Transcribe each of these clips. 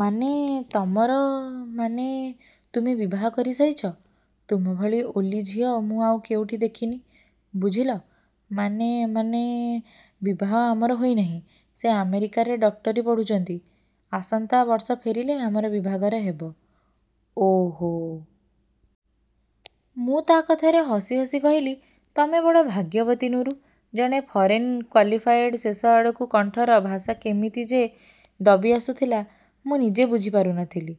ମାନେ, ତମର ମାନେ, ତୁମେ ବିବାହ କରି ସାରିଛ? ତୁମ ଭଳି ଓଲୀ ଝିଅ ମୁଁ ଆଉ କେଉଁଠି ଦେଖିନି, ବୁଝିଲ। ମାନେ? ମାନେ, ବିବାହ ଆମର ହୋଇ ନାହିଁ। ସେ ଆମେରିକାରେ ଡକ୍ଟରୀ ପଢ଼ୁଛନ୍ତି। ଆସନ୍ତା ବର୍ଷ ଫେରିଲେ ଆମର ବିଭାଘର ହେବ। ଓଃ, ମୁଁ ତା କଥାରେ ହସି ହସି କହିଲି-ତମେ ବଡ଼ ଭାଗ୍ୟବତୀ, ନୁରୁ। ଜଣେ ଫରେନ୍ କ୍ୱାଲିଫାଏଡ୍ ଶେଷ ଆଡ଼କୁ କଣ୍ଠର ଭାଷା କେମିତି ଯେ ଦବି ଆସୁଥିଲା, ମୁଁ ନିଜେ ବୁଝିପାରୁ ନ ଥିଲି।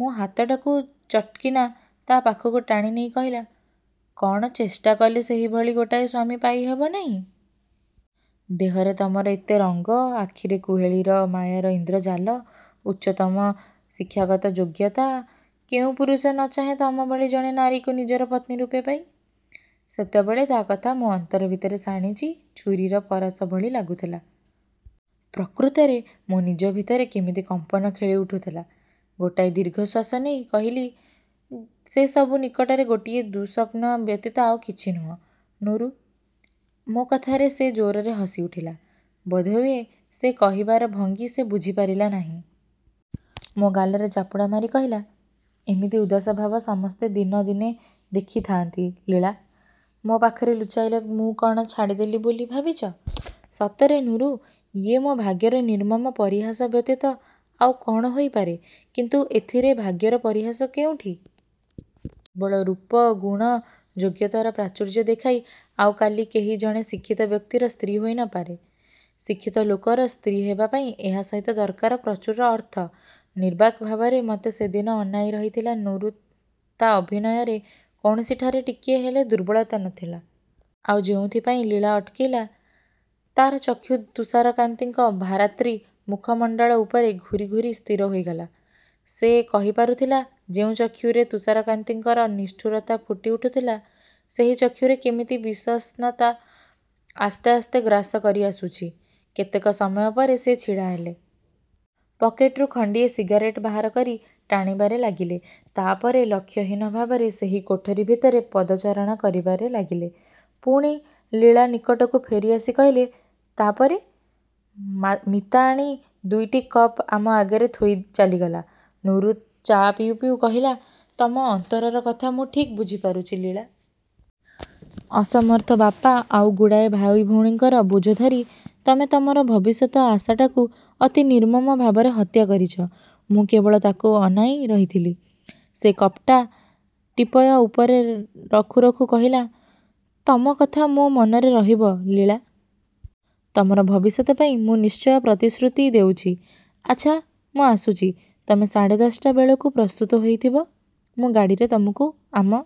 ମୋ ହାତଟାକୁ ଚଟ୍କିନା ତା ପାଖକୁ ଟାଣି ନେଇ କହିଲା-କଣ ଚେଷ୍ଟା କଲେ ସେହିଭଳି ଗୋଟାଏ ସ୍ୱାମୀ ପାଇ ହବ ନାହିଁ? ଦେହରେ ତମର ଏତେ ରଙ୍ଗ, ଆଖିରେ କୁହେଳୀ ର ମାୟାର ଇନ୍ଦ୍ରଜାଲ, ଉଚ୍ଚତମ ଶିକ୍ଷାଗତ ଯୋଗ୍ୟତା-କେଉଁ ପୁରୁଷ ନ ଚାହେଁ ତମ ଭଳି ଜଣେ ନାରୀକୁ ନିଜର ପତ୍ନିରୂପେ ପାଇ ସେତେବେଳେ ତା କଥା ମୋ ଅନ୍ତର ଭିତରେ ଶାଣିଛି ଛୁରୀର ପରାଶ ଭଳି ଲାଗୁଥିଲା-। ପ୍ରକୃତରେ ମୋ ନିଜ ଭିତରେ କେମିତି କମ୍ପନ ଖେଳି ଉଠୁଥିଲା। ଗୋଟାଏ ଦୀର୍ଘଶ୍ୱାସ ନେଇ କହିଲି-ସେ ସବୁ ନିକଟରେ ଗୋଟିଏ ଦୁଃସ୍ୱପ୍ନ ବ୍ୟତୀତ ଆଉ କିଛି ନୁହେଁ, ନୁରୁ-। ମୋ କଥାରେ ସେ ଜୋରରେ ହସିଉଠିଲା। ବୋଧହୁଏ ସେ କହିବାର ଭଙ୍ଗୀ ସେ ବୁଝିପାରିଲା ନାହିଁ। ମୋ ଗାଲରେ ଚାପୁଡ଼ା ମାରି କହିଲା-ଏମିତି ଉଦାସଭାବ ସମସ୍ତେ ଦିନ ଦିନେ ଦେଖିଥାଆନ୍ତି, ଲୀଳା। ମୋ ପାଖରେ ଲୁଚାଇଲେ ମୁଁ କଣ ଛାଡ଼ିଦେଲି ବୋଲି ଭାବିଛ? ସତରେ ନୁରୁ, ଇଏ ମୋ ଭାଗ୍ୟର ନିର୍ମମ ପରିହାସ ବ୍ୟତୀତ ଆଉ କଣ ହୋଇପାରେ-? କିନ୍ତୁ ଏଥିରେ ଭାଗ୍ୟର ପରିହାସ କେଉଁଠି? କେବଳ ରୂପ, ଗୁଣ, ଯୋଗ୍ୟତାର ପ୍ରାଚୁର୍ଯ୍ୟ ଦେଖାଇ ଆଉ କାଲି କେହି ଜଣେ ଶିକ୍ଷିତ ବ୍ୟକ୍ତିର ସ୍ତ୍ରୀ ହୋଇ ନ ପାରେ। ଶିକ୍ଷିତ ଲୋକର ସ୍ତ୍ରୀ ହେବା ପାଇଁ ଏହା ସହିତ ଦରକାର ପ୍ରଚୁର ଅର୍ଥ। ନିର୍ବାକ୍ ଭାବରେ ମୋତେ ସେଦିନ ଅନାଇ ରହିଥିଲା ନୁରୁ ତା ଅଭିନୟରେ କୌଣସିଠାରେ ଟିକିଏ ହେଲେ ଦୁର୍ବଳତା ନ ଥିଲା। ଆଉ ଯେଉଁଥିପାଇଁ ଲୀଳା ଅଟକିଲା। ତାର ଚକ୍ଷୁ ତୁଷାରକାନ୍ତିଙ୍କ ଭାରାତ୍ରୀ ମୁଖମଣ୍ଡଳ ଉପରେ ଘୂରି ଘୂରି ସ୍ଥିର ହୋଇଗଲା। ସେ। କହି ପାରୁଥିଲା, ଯେଉଁ ଚକ୍ଷୁରେ ତୁଷାରକାନ୍ତିଙ୍କର ନିଷ୍ଠୁରତା ଫୁଟି ଉଠୁଥିଲା, ସେହି ଚକ୍ଷୁରେ କେମିତି ବିଷଣ୍ଣତା ଆସ୍ତେ ଆସ୍ତେ ଗ୍ରାସ କରି ଆସୁଛି। କେତେକ ସମୟ ପରେ ସେ ଛିଡ଼ା ହେଲେ। ପକେଟରୁ ଖଣ୍ଡିଏ ସିଗାରେଟ ବାହାର କରି ଟାଣିବାରେ ଲାଗିଲେ। ତା ପରେ ଲକ୍ଷ୍ୟହୀନ ଭାବରେ ସେହି କୋଠରି ଭିତରେ ପଦଚାରଣା କରିବାରେ ଲାଗିଲେ। ପୁଣି ଲୀଳା ନିକଟକୁ ଫେରିଆସି କହିଲେ, ତା ପରେ? ମୀତା ଆଣି ଦୁଇଟି କପ୍ ଆମ ଆଗରେ ଥୋଇ ଚାଲିଗଲା। ନୁରୁ ଚା' ପିଉ ପିଉ କହିଲା-ତମ ଅନ୍ତରର କଥା ମୁଁ ଠିକ୍ ବୁଝିପାରୁଛି, ଲୀଳା। ଅସମର୍ଥ ବାପା ଆଉ ଗୁଡ଼ାଏ ଭାଇ ଭଉଣୀଙ୍କର ବୋଝ ଧରି ତମେ ତମର ଭବିଷ୍ୟତ ଆଶାଟାକୁ ଅତି ନିର୍ମମ ଭାବରେ ହତ୍ୟା କରିଛ। ମୁଁ କେବଳ ତାକୁ ଅନାଇ ରହିଥିଲି। ସେ କପ୍ଟା-ଟିପୟ ଉପରେ ରଖୁ ରଖୁ କହିଲା-ତମ କଥା ମୋ ମନରେ ରହିବ, ଲୀଳା। ତମର ଭବିଷ୍ୟତ ପାଇଁ ମୁଁ ନିଶ୍ଚୟ ପ୍ରତିଶ୍ରୁତି ଦେଉଛି। ଆଚ୍ଛା, ମୁଁ ଆସୁଛି। ତମେ ସାଢ଼େ ଦଶଟା ବେଳକୁ ପ୍ରସ୍ତୁତ ହୋଇଥିବ। ମୁଁ ଗାଡ଼ିରେ ତମକୁ ଆମ